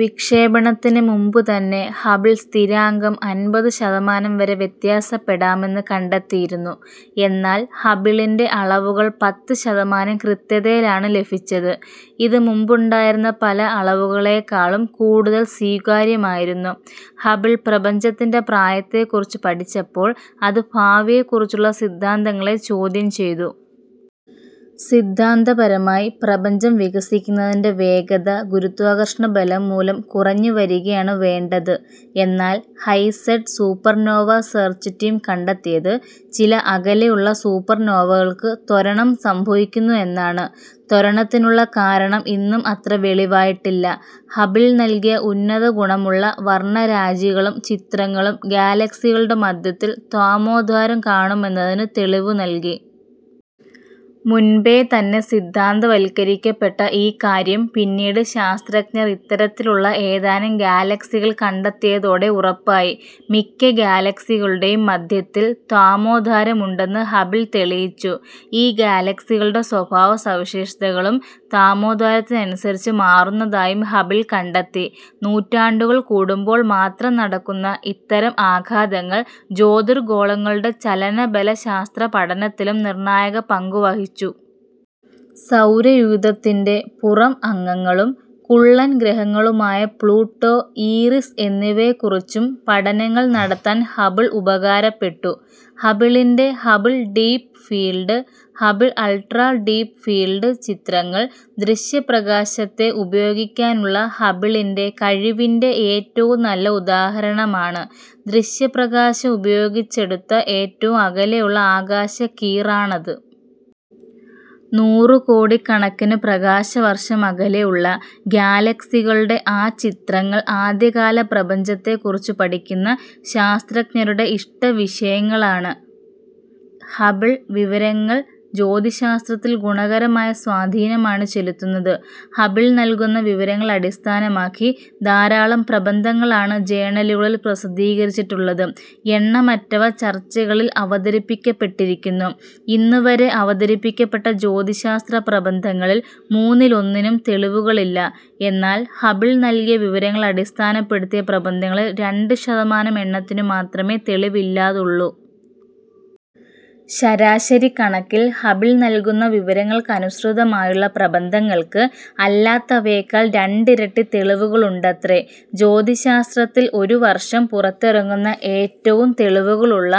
വിക്ഷേപണത്തിനു മുമ്പു തന്നെ ഹബിൾ സ്ഥിരാങ്കം അൻപത് ശതമാനം വരെ വ്യത്യാസപ്പെടാമെന്ന് കണ്ടെത്തിയിരുന്നു, എന്നാൽ ഹബിളിൻ്റെ അളവുകൾ പത്ത് ശതമാനം കൃത്യതയിലാണ് ലഭിച്ചത്. ഇത് മുമ്പുണ്ടായിരുന്ന പല അളവുകളെക്കാളും കൂടുതൽ സ്വീകാര്യമായിരുന്നു. ഹബിൾ പ്രപഞ്ചത്തിൻ്റെ പ്രായത്തെ കുറിച്ച് പഠിച്ചപ്പോൾ അത് ഭാവിയെ കുറിച്ചുള്ള സിദ്ധാന്തങ്ങളെ ചോദ്യം ചെയ്തു. സിദ്ധാന്തപരമായി പ്രപഞ്ചം വികസിക്കുന്നതിൻ്റെ വേഗത ഗുരുത്വാകർഷണ ബലം മൂലം കുറഞ്ഞു വരികയാണ് വേണ്ടത്. എന്നാൽ ഹൈ-സെഡ് സൂപ്പർനോവ സേർച്ച് ടീം കണ്ടെത്തിയത് ചില അകലെയുള്ള സൂപ്പർനോവകൾക്ക് ത്വരണം സംഭവിക്കുന്നുവെന്നാണ്. ത്വരണത്തിനുള്ള കാരണം ഇന്നും അത്ര വെളിവായിട്ടില്ല. ഹബിൾ നൽകിയ ഉന്നത ഗുണമുള്ള വർണ്ണരാജികളും ചിത്രങ്ങളും ഗാലക്സികളുടെ മധ്യത്തിൽ തമോദ്വാരം കാണുമെന്നതിന് തെളിവു നൽകി. മുൻപേ തന്നെ സിദ്ധാന്തവത്കരിക്കപ്പെട്ട ഈ കാര്യം പിന്നീട് ശാസ്ത്രജ്ഞർ ഇത്തരത്തിലുള്ള ഏതാനും ഗാലക്സികൾ കണ്ടെത്തിയതോടെ ഉറപ്പായി. മിക്ക ഗാലക്സികളുടേയും മദ്ധ്യത്തിൽ തമോദ്വാരം ഉണ്ടെന്ന് ഹബിൾ തെളിയിച്ചു. ഈ ഗാലക്സികളുടെ സ്വഭാവ സവിശേഷതകളും തമോദ്വാരത്തിനനുസരിച്ച് മാറുന്നതായും ഹബിൾ കണ്ടെത്തി. നൂറ്റാണ്ടുകൾ കൂടുമ്പോൾ മാത്രം നടക്കുന്ന ഇത്തരം ആഘാതങ്ങൾ ജ്യോതിർഗോളങ്ങളുടെ ചലനബലശാസ്ത്ര പഠനത്തിലും നിർണ്ണായക പങ്കു വഹിച്ചു. സൗരയൂഥത്തിൻ്റെ പുറം അംഗങ്ങളും കുള്ളൻ ഗ്രഹങ്ങളുമായ പ്ലൂട്ടോ, ഈറിസ് എന്നിവയെ കുറിച്ചും പഠനങ്ങൾ നടത്താൻ ഹബിൾ ഉപകാരപ്പെട്ടു. ഹബിളിൻ്റെ Hubble deep field, Hubble ultra deep field ചിത്രങ്ങൾ, ദൃശ്യപ്രകാശത്തെ ഉപയോഗിക്കാനുള്ള ഹബിളിൻ്റെ കഴിവിൻ്റെ ഏറ്റവും നല്ല ഉദാഹരണമാണ്. ദൃശ്യപ്രകാശം ഉപയോഗിച്ചെടുത്ത ഏറ്റവും അകലെയുള്ള ആകാശക്കീറാണത്. നൂറുകോടിക്കണക്കിന് പ്രകാശവർഷം അകലെയുള്ള ഗാലക്സികളുടെ ആ ചിത്രങ്ങൾ ആദ്യകാല പ്രപഞ്ചത്തെക്കുറിച്ച് പഠിക്കുന്ന ശാസ്ത്രജ്ഞരുടെ ഇഷ്ടവിഷയങ്ങളാണ്. ഹബിൾ വിവരങ്ങൾ ജ്യോതിശാസ്ത്രത്തിൽ ഗുണകരമായ സ്വാധീനമാണ് ചെലുത്തുന്നത്. ഹബിൾ നൽകുന്ന വിവരങ്ങൾ അടിസ്ഥാനമാക്കി ധാരാളം പ്രബന്ധങ്ങളാണ് ജേണലുകളിൽ പ്രസിദ്ധീകരിച്ചിട്ടുള്ളത്, എണ്ണമറ്റവ ചർച്ചകളിൽ അവതരിപ്പിക്കപ്പെട്ടിരിക്കുന്നു. ഇന്നുവരെ അവതരിപ്പിക്കപ്പെട്ട ജ്യോതിശാസ്ത്രപ്രബന്ധങ്ങളിൽ മൂന്നിലൊന്നിനും തെളിവുകളില്ല, എന്നാൽ ഹബിൾ നൽകിയ വിവരങ്ങൾ അടിസ്ഥാനപ്പെടുത്തിയ പ്രബന്ധങ്ങളിൽ രണ്ട് ശതമാനം എണ്ണത്തിന് മാത്രമേ തെളിവില്ലാതുള്ളൂ. ശരാശരിക്കണക്കിൽ ഹബിൾ നൽകുന്ന വിവരങ്ങൾക്കനുസൃതമായുള്ള പ്രബന്ധങ്ങൾക്ക് അല്ലാത്തവയേക്കാൾ രണ്ടിരട്ടി തെളിവുകളുണ്ടത്രേ. ജ്യോതിശാസ്ത്രത്തിൽ ഒരു വർഷം പുറത്തിറങ്ങുന്ന ഏറ്റവും തെളിവുകളുള്ള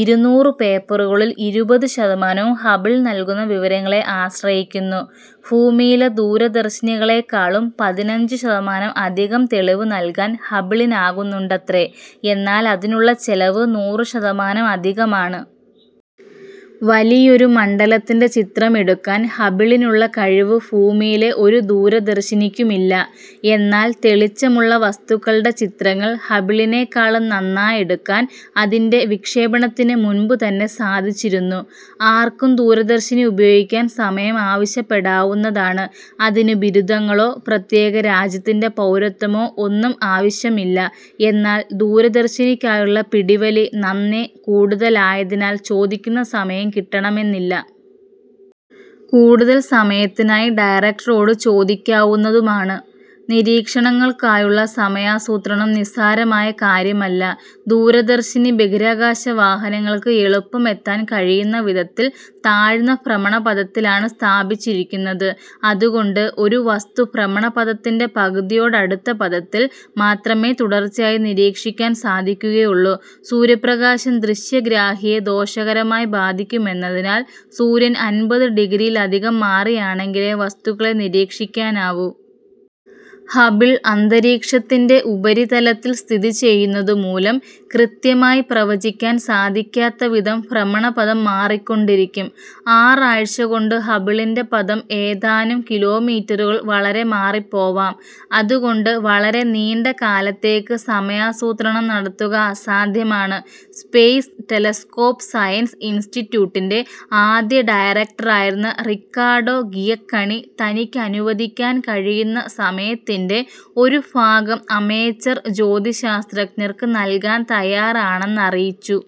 ഇരുനൂറ് പേപ്പറുകളിൽ ഇരുപത് ശതമാനവും ഹബിൾ നൽകുന്ന വിവരങ്ങളെ ആശ്രയിക്കുന്നു. ഭൂമിയിലെ ദൂരദർശിനികളേക്കാളും പതിനഞ്ച് ശതമാനം അധികം തെളിവ് നൽകാൻ ഹബിളിനാകുന്നുണ്ടത്രേ, എന്നാൽ അതിനുള്ള ചെലവ് നൂറ് ശതമാനം അധികമാണ്. വലിയൊരു മണ്ഡലത്തിൻ്റെ ചിത്രം എടുക്കാൻ ഹബിളിനുള്ള കഴിവ് ഭൂമിയിലെ ഒരു ദൂരദർശിനിക്കുമില്ല. എന്നാൽ തെളിച്ചമുള്ള വസ്തുക്കളുടെ ചിത്രങ്ങൾ ഹബിളിനേക്കാളും നന്നായെടുക്കാൻ അതിൻ്റെ വിക്ഷേപണത്തിനു മുൻമ്പുതന്നെ സാധിച്ചിരുന്നു. ആർക്കും ദൂരദർശിനി ഉപയോഗിക്കാൻ സമയം ആവശ്യപ്പെടാവുന്നതാണ്, അതിന് ബിരുദങ്ങളോ, പ്രത്യേക രാജ്യത്തിൻ്റെ പൗരത്വമോ ഒന്നും ആവശ്യമില്ല. എന്നാൽ ദൂരദർശിനിക്കായുള്ള പിടിവലി നന്നേ കൂടുതലായതിനാൽ ചോദിക്കുന്ന സമയം കിട്ടണമെന്നില്ല. കൂടുതൽ സമയത്തിനായി ഡയറക്ടറോട് ചോദിക്കാവുന്നതുമാണ്. നിരീക്ഷണങ്ങൾക്കായുള്ള സമയാസൂത്രണം നിസ്സാരമായ കാര്യമല്ല, ദൂരദർശിനി ബഹിരാകാശ വാഹനങ്ങൾക്ക് എളുപ്പം എത്താൻ കഴിയുന്ന വിധത്തിൽ താഴ്ന്ന ഭ്രമണപഥത്തിലാണ് സ്ഥാപിച്ചിരിക്കുന്നത്. അതുകൊണ്ട് ഒരു വസ്തു ഭ്രമണപഥത്തിൻ്റെ പകുതിയോടടുത്ത പഥത്തിൽ മാത്രമേ തുടർച്ചയായി നിരീക്ഷിക്കാൻ സാധിക്കുകയുള്ളൂ. സൂര്യപ്രകാശം ദൃശ്യഗ്രാഹിയെ ദോഷകരമായി ബാധിക്കുമെന്നതിനാൽ സൂര്യൻ അൻപത് ഡിഗ്രിയിലധികം മാറിയാണെങ്കിലേ വസ്തുക്കളെ നിരീക്ഷിക്കാനാവൂ. ഹബിൾ അന്തരീക്ഷത്തിൻ്റെ ഉപരിതലത്തിൽ സ്ഥിതി ചെയ്യുന്നതു മൂലം കൃത്യമായി പ്രവചിക്കാൻ സാധിക്കാത്ത വിധം ഭ്രമണപഥം മാറിക്കൊണ്ടിരിക്കും. ആറാഴ്ചകൊണ്ട് ഹബിളിൻ്റെ പഥം ഏതാനും കിലോമീറ്ററുകൾ വളരെ മാറിപ്പോവാം, അതുകൊണ്ട് വളരെ നീണ്ടകാലത്തേക്ക് സമയാസൂത്രണം നടത്തുക അസാധ്യമാണ്. സ്പേസ് ടെലസ്കോപ് സയൻസ് ഇൻസ്റ്റിറ്റ്യൂട്ടിൻ്റെ ആദ്യ ഡയറക്ടറായിരുന്ന റിക്കാഡോ ഗിയക്കണി തനിക്ക് അനുവദിക്കാൻ കഴിയുന്ന സമയത്തിൻ്റെ ഒരു ഫാഗം അമേച്ചർ ജ്യോതിശാസ്ത്രജ്ഞർക്ക് നൽകാൻ തയ്യാറാണെന്ന് അറിയിച്ചു.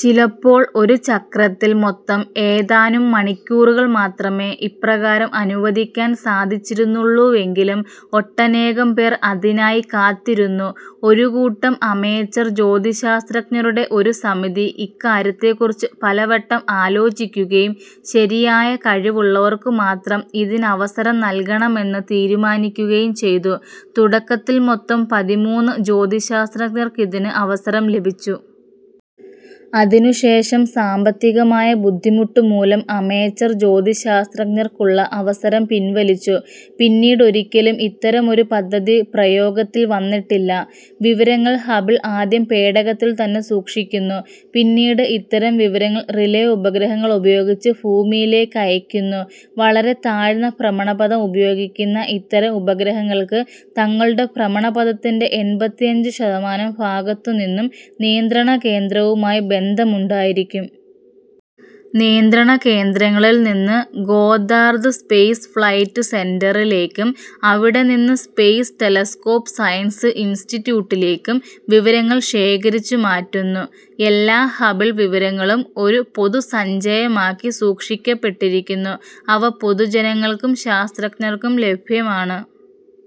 ചിലപ്പോൾ ഒരു ചക്രത്തിൽ മൊത്തം ഏതാനും മണിക്കൂറുകൾ മാത്രമേ ഇപ്രകാരം അനുവദിക്കാൻ സാധിച്ചിരുന്നുള്ളൂവെങ്കിലും ഒട്ടനേകംപേർ അതിനായി കാത്തിരുന്നു. ഒരു കൂട്ടം അമേച്ചർ ജ്യോതിശാസ്ത്രജ്ഞരുടെ ഒരു സമിതി ഇക്കാര്യത്തെ കുറിച്ച് പലവട്ടം ആലോചിക്കുകയും ശരിയായ കഴിവുള്ളവർക്ക് മാത്രം ഇതിനവസരം നൽകണമെന്ന് തീരുമാനിക്കുകയും ചെയ്തു. തുടക്കത്തിൽ മൊത്തം പതിമൂന്ന് ജ്യോതിശാസ്ത്രജ്ഞർക്കിതിന് അവസരം ലഭിച്ചു. അതിനുശേഷം സാമ്പത്തികമായ ബുദ്ധിമുട്ടുമൂലം അമേച്ചർ ജ്യോതിശാസ്ത്രജ്ഞർക്കുള്ള അവസരം പിൻവലിച്ചു, പിന്നീടൊരിക്കലും ഇത്തരമൊരു പദ്ധതി പ്രയോഗത്തിൽ വന്നിട്ടില്ല. വിവരങ്ങൾ ഹബിൾ ആദ്യം പേടകത്തിൽ തന്നെ സൂക്ഷിക്കുന്നു. പിന്നീട് ഇത്തരം വിവരങ്ങൾ റിലേ ഉപഗ്രഹങ്ങൾ ഉപയോഗിച്ച് ഫൂമിയിലേക്കയക്കുന്നു. വളരെ താഴ്ന്ന ഭ്രമണപഥം ഉപയോഗിക്കുന്ന ഇത്തരം ഉപഗ്രഹങ്ങൾക്ക് തങ്ങളുടെ ഭ്രമണപഥത്തിൻ്റെ എൺപത്തിയഞ്ച് ശതമാനം ഭാഗത്തു നിന്നും നിയന്ത്രണകേന്ദ്രവുമായി ബന്ധമുണ്ടായിരിക്കും. നിയന്ത്രണകേന്ദ്രങ്ങളിൽ നിന്ന് ഗോദ്ദാർദ് സ്പെയ്സ് ഫ്ലൈറ്റ് സെന്ററിലേക്കും അവിടേനിന്ന് സ്പെയ്സ് ടെലസ്കോപ് സയൻസ് ഇൻസ്റ്റിറ്റ്യൂട്ടിലേക്കും വിവരങ്ങൾ ശേഖരിച്ച് മാറ്റുന്നു. എല്ലാ ഹബിൾ വിവരങ്ങളും ഒരു പൊതുസഞ്ചയമാക്കി സൂക്ഷിക്കപ്പെട്ടിരിക്കുന്നു, അവ പൊതുജനങ്ങൾക്കും ശാസ്ത്രജ്ഞർക്കും ലഭ്യമാണ്.